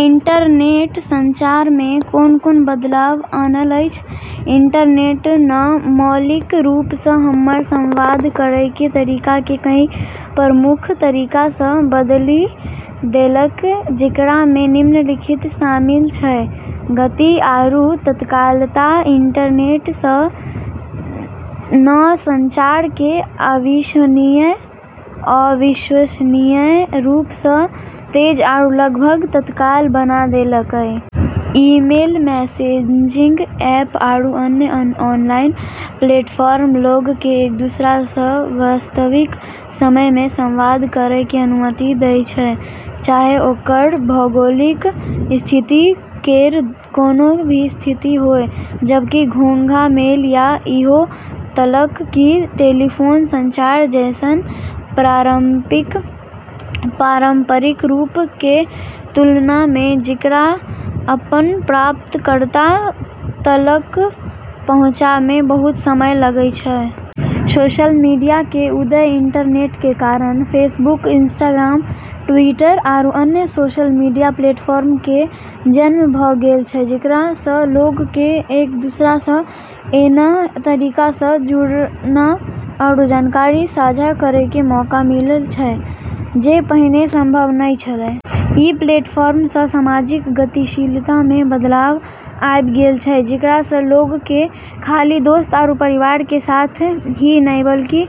Internet संचार मे कोन-कोन बदलाव अनलक अछि? इंटरनेट न मौलिक रूप सं हमर संवाद करै के तरीका के कई प्रमुख तरीका सं बदली देलकै, जेकरा मे निम्नलिखित शामिल छै: गति आरू तत्कालता: इंटरनेट न संचार के अविश्वसनीय रूप सं तेज आरू लगभग तत्काल बना देलकै। ईमेल, मैसेजिंग ऐप आरू अन्य ऑनलाइन प्लेटफॉर्म लोग के एक-दूसरा सं वास्तविक समय मे संवाद करै के अनुमति दै छै, चाहे ओकर भौगोलिक स्थिति केर कोनो भी स्थिति होय, जबकि घोंघा मेल या ईहो तलक कि टेलीफोन संचार जैसन पारंपरिक रूप के तुलना मे जेकरा अपन प्राप्तकर्ता तलक पहुँचै मे बहुत समय लागि सकै छै। सोशल मीडिया के उदय: इंटरनेट के कारण फेसबुक, इंस्टाग्राम, ट्विटर, आरू अन्य सोशल मीडिया प्लेटफॉर्म के जन्म भ गेल छै, जेकरा सं लोग के एक-दूसरा सं ऐन्ह तरीका सं जुड़ना आरू जानकारी साझा करै के मौका मिलल छै जे पहिने संभव नहि छेलै। ई प्लेटफॉर्म सं सामाजिक गतिशीलता मे बदलाव आबि गेल छै, जेकरा सं लोग के खाली दोस्त आरू परिवार के साथ ही नहि, बल्कि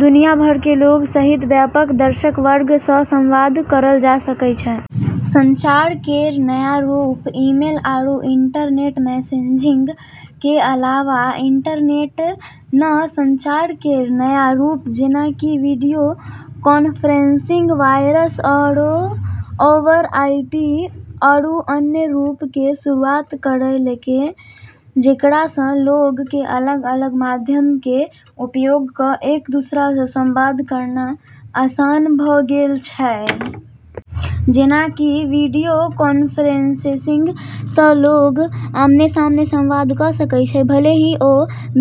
दुनिया भर के लोग सहित व्यापक दर्शक वर्ग सं संवाद करल जा सकै छै। संचार केर नया रूप: ईमेल आरू इंस्टेंट मैसेजिंग के अलावा इंटरनेट न संचार केर नया रूप जेना कि video conferencing, voice over IP, आरू अन्य रूप के शुरूआत करलकै जेकरा सं लोग के अलग-अलग माध्यम के उपयोग क एक-दूसरा सं संवाद करना आसान भ गेल छै। जेना कि वीडियो कॉन्फ्रेंसिंग सं लोग आमने-सामने संवाद क सकै छै, भले ही ओ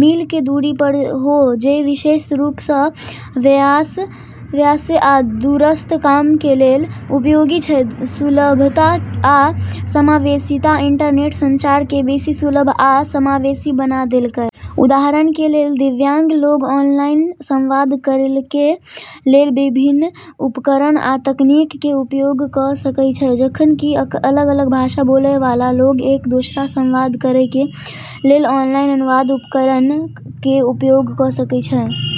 मील के दूरी पर हो, जे विशेष रूप सं व्यवसाय आ दूरस्थ काम के लेल उपयोगी छै। सुलभता आ समावेशीता: इंटरनेट संचार के बेसी सुलभ आ समावेशी बना देलकै। उदाहरण के लेल दिव्यांग लोग ऑनलाइन संवाद करै के लेल विभिन्न उपकरण आ तकनीक के उपयोग क सकै छै, जखन कि अलग-अलग भाषा बोलय वाला लोग एक दोसरा संवाद करै के लेल ऑनलाइन अनुवाद उपकरणक के उपयोग क सकै छै।